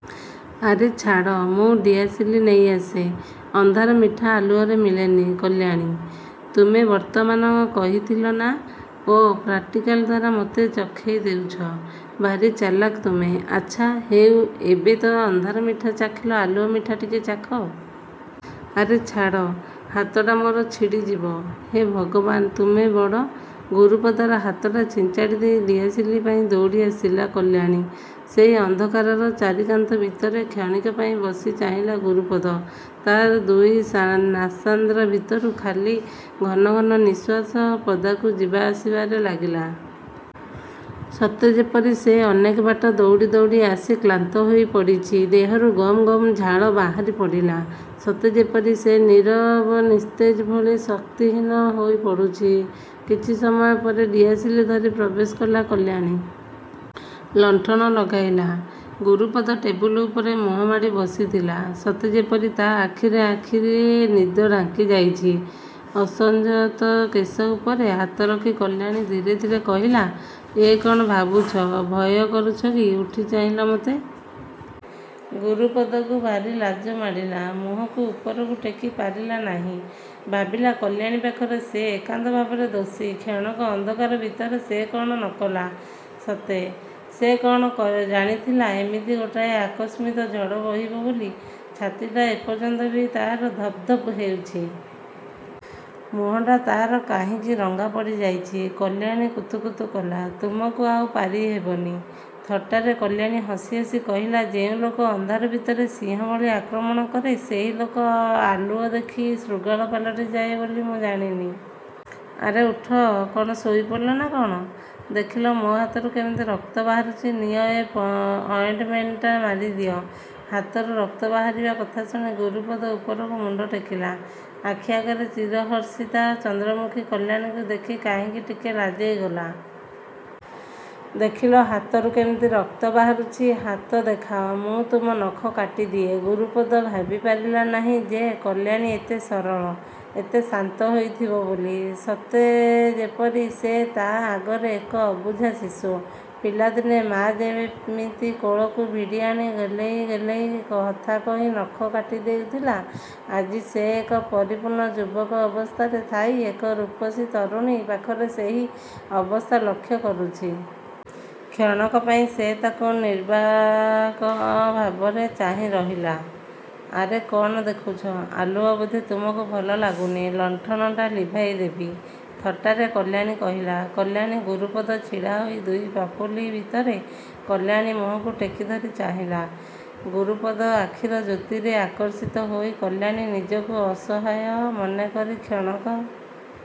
ଆରେ ଛାଡ଼, ମୁଁ ଦିଆସିଲିଟା ନେଇ ଆସେ। ଅନ୍ଧାର ମିଠା ଆଲୁଅରେ ମିଳେନି କଲ୍ୟାଣୀ, ତୁମେ ବର୍ତ୍ତମାନ କହିଥିଲ ନାଁ? ଓଃ, ପ୍ରାକ୍ଟିକାଲ୍ ଦ୍ୱାରା ମୋତେ ଚଖେଇ ଦେଉଛ। ଭାରି ଚାଲାଖ ତୁମେ। ଆଚ୍ଛା ହେଉ ଏବେ ତ ଅନ୍ଧାର ମିଠା ଚାଖିଲ ଆଲୁଅ ମିଠା ଟିକେ ଚାଖ। ଆରେ ଛାଡ଼? ହାତଟା ମୋର ଛିଡ଼ିଯିବ। ହେ ଭଗବାନ୍ ତୁମେ ବଡ଼। ଗୁରୁପଦର ହାତଟା ଛିଞ୍ଚାଡ଼ି ଦେଇ ଦିଆସିଲି ପାଇଁ ଦୌଡ଼ି ଆସିଲା କଲ୍ୟାଣୀ। ସେହି ଅନ୍ଧକାରର ଚାରିକାନ୍ଥ ଭିତରେ କ୍ଷଣିକ ପାଇଁ ବସି ଚାହିଁଲା ଗୁରୁପଦ। ତା'ର ଦୁଇ ନାସାନ୍ଦ୍ର ଭିତରୁ ଖାଲି ଘନ ଘନ ନିଶ୍ୱାସ ପଦାକୁ ଯିବା ଆସିବାରେ ଲାଗିଲା। ସତେ ଯେପରି ସେ ଅନେକ ବାଟ ଦୌଡ଼ି ଦୌଡ଼ି ଆସି କ୍ଳାନ୍ତ ହୋଇ ପଡ଼ିଛି। ଦେହରୁ ଗମ୍ ଗମ୍ ଝାଳ ବାହାରି ପଡ଼ିଲା। ସତେ ଯେପରି ସେ ନୀରବ ନିସ୍ତେଜ ଭଳି ଶକ୍ତିହୀନ ହୋଇ ପଡ଼ୁଛି। କିଛି ସମୟ ପରେ ଦିଆସିଲି ଧରି ପ୍ରବେଶ କଲା କଲ୍ୟାଣୀ। ଲଣ୍ଠନ ଲଗାଇଲା। ଗୁରୁପଦ ଟେବୁଲ୍ ଉପରେ ମୁହଁମାଡ଼ି ବସିଥିଲା। ସତେ ଯେପରି ତା' ଆଖିରେ ଆଖିଏ ନିଦ ଢାଙ୍କି ଯାଇଛି। ଅସଞ୍ଜତ କେଶ ଉପରେ ହାତ ରଖି କଲ୍ୟାଣୀ ଧୀରେ ଧୀରେ କହିଲା, ଏ; କ'ଣ ଭାବୁଛ, ଭୟ କରୁଛ କି? ଉଠି ଚାହିଁଲ ମୋତେ? ଗୁରୁପଦକୁ ଭାରି ଲାଜ ମାଡ଼ିଲା, ମୁହଁକୁ ଉପରକୁ ଟେକି ପାରିଲା ନାହିଁ। ଭାବିଲା କଲ୍ୟାଣୀ ପାଖରେ ସେ ଏକାନ୍ତ ଭାବରେ ଦୋଷୀ। କ୍ଷଣକ ଅନ୍ଧକାର ଭିତରେ ସେ କ'ଣ ନକଲା ସତେ? ସେ କ'ଣ ଜାଣିଥିଲା ଏମିତି ଗୋଟାଏ ଆକସ୍ମିକ ଝଡ଼ ବହିବ ବୋଲି? ଛାତିଟା ଏପର୍ଯ୍ୟନ୍ତ ବି ତା'ର ଧପ୍ ଧପ୍ ଦେଉଛି। ମୁହଁଟା ତା'ର କାହିଁକି ରଙ୍ଗା ପଡ଼ିଯାଇଛି। କଲ୍ୟାଣୀ କୁତୁ କୁତୁ କଲା। ତୁମକୁ ଆଉ ପାରି ହେବନି। ଥଟ୍ଟାରେ କଲ୍ୟାଣୀ ହସି ହସି କହିଲା, ଯେଉଁ ଲୋକ ଅନ୍ଧାର ଭିତରେ ସିଂହ ଭଳି ଆକ୍ରମଣ କରେ, ସେହି ଲୋକ ଆଲୁଅ ଦେଖି ଶୃଗାଳ ପାଲଟି ଯାଏ ବୋଲି ମୁଁ ଜାଣିନି। ଆରେ ଉଠ, କ'ଣ ଶୋଇ ପଡ଼ିଲ ନାଁ କଣ। ଦେଖିଲ ମୋ ହାତରୁ କିମିତି ରକ୍ତ ବାହାରୁଛି। ନିଅ ଏ ଅଏଣ୍ଟମେଣ୍ଟଟା ମାରିଦିଅ। ହାତରୁ ରକ୍ତ ବାହାରିବା କଥା ଶୁଣି ଗୁରୁପଦ ଉପରକୁ ମୁଣ୍ଡ ଟେକିଲା। ଆଖି ଆଗରେ ଚିର ହର୍ଷିତା ଚନ୍ଦ୍ରମୁଖୀ କଲ୍ୟାଣୀକୁ ଦେଖି କାହିଁକି ଟିକେ ଲାଜେଇଗଲା। ଦେଖିଲ ହାତରୁ କେମିତି ରକ୍ତ ବାହାରୁଛି। ହାତ ଦେଖାଅ ମୁଁ ତୁମ ନଖ କାଟିଦିଏ। ଗୁରପଦ ଭାବିପାରିଲା ନାହିଁ ଯେ କଲ୍ୟାଣୀ ଏତେ ସରଳ, ଏତେ ଶାନ୍ତ ହୋଇଥିବ ବୋଲି। ସତେ ଯେପରି ସେ ତା' ଆଗରେ ଏକ ଅବୁଝା ଶିଶୁ। ପିଲାଦିନେ ମା' ଯେମିତି କୋଳକୁ ଭିଡ଼ିଆଣି ଗେଲେଇ ଗେଲେଇ କଥାକହି ନଖ କାଟି ଦେଉଥିଲା, ଆଜି ସେ ଏକ ପରିପୂର୍ଣ୍ଣ ଯୁବକ ଅବସ୍ଥାରେ ଥାଇ ଏକ ରୂପସୀ ତରୁଣୀ ପାଖରେ ସେହି ଅବସ୍ଥା ଲକ୍ଷ୍ୟ କରୁଛି। କ୍ଷଣକ ପାଇଁ ସେ ତା'କୁ ନିର୍ବାକ ଭାବରେ ଚାହିଁ ରହିଲା। ଆରେ କ'ଣ ଦେଖୁଛ? ଆଲୁଅ ବୋଧେ ତୁମକୁ ଭଲ ଲାଗୁନି, ଲଣ୍ଠନଟା ଲିଭାଇ ଦେବି? ଥଟ୍ଟାରେ କଲ୍ୟାଣୀ କହିଲା। କଲ୍ୟାଣୀ ଗୁରୁପଦ ଛିଡ଼ାହୋଇ ଦୁଇ ପାପୁଲି ଭିତରେ କଲ୍ୟାଣୀ ମୁହଁକୁ ଟେକିଧରି ଚାହିଁଲା। ଗୁରୁପଦ ଆଖିର ଜ୍ୟୋତିରେ ଆକର୍ଷିତ ହୋଇ କଲ୍ୟାଣୀ ନିଜକୁ ଅସହାୟ ମନେକରି କ୍ଷଣକ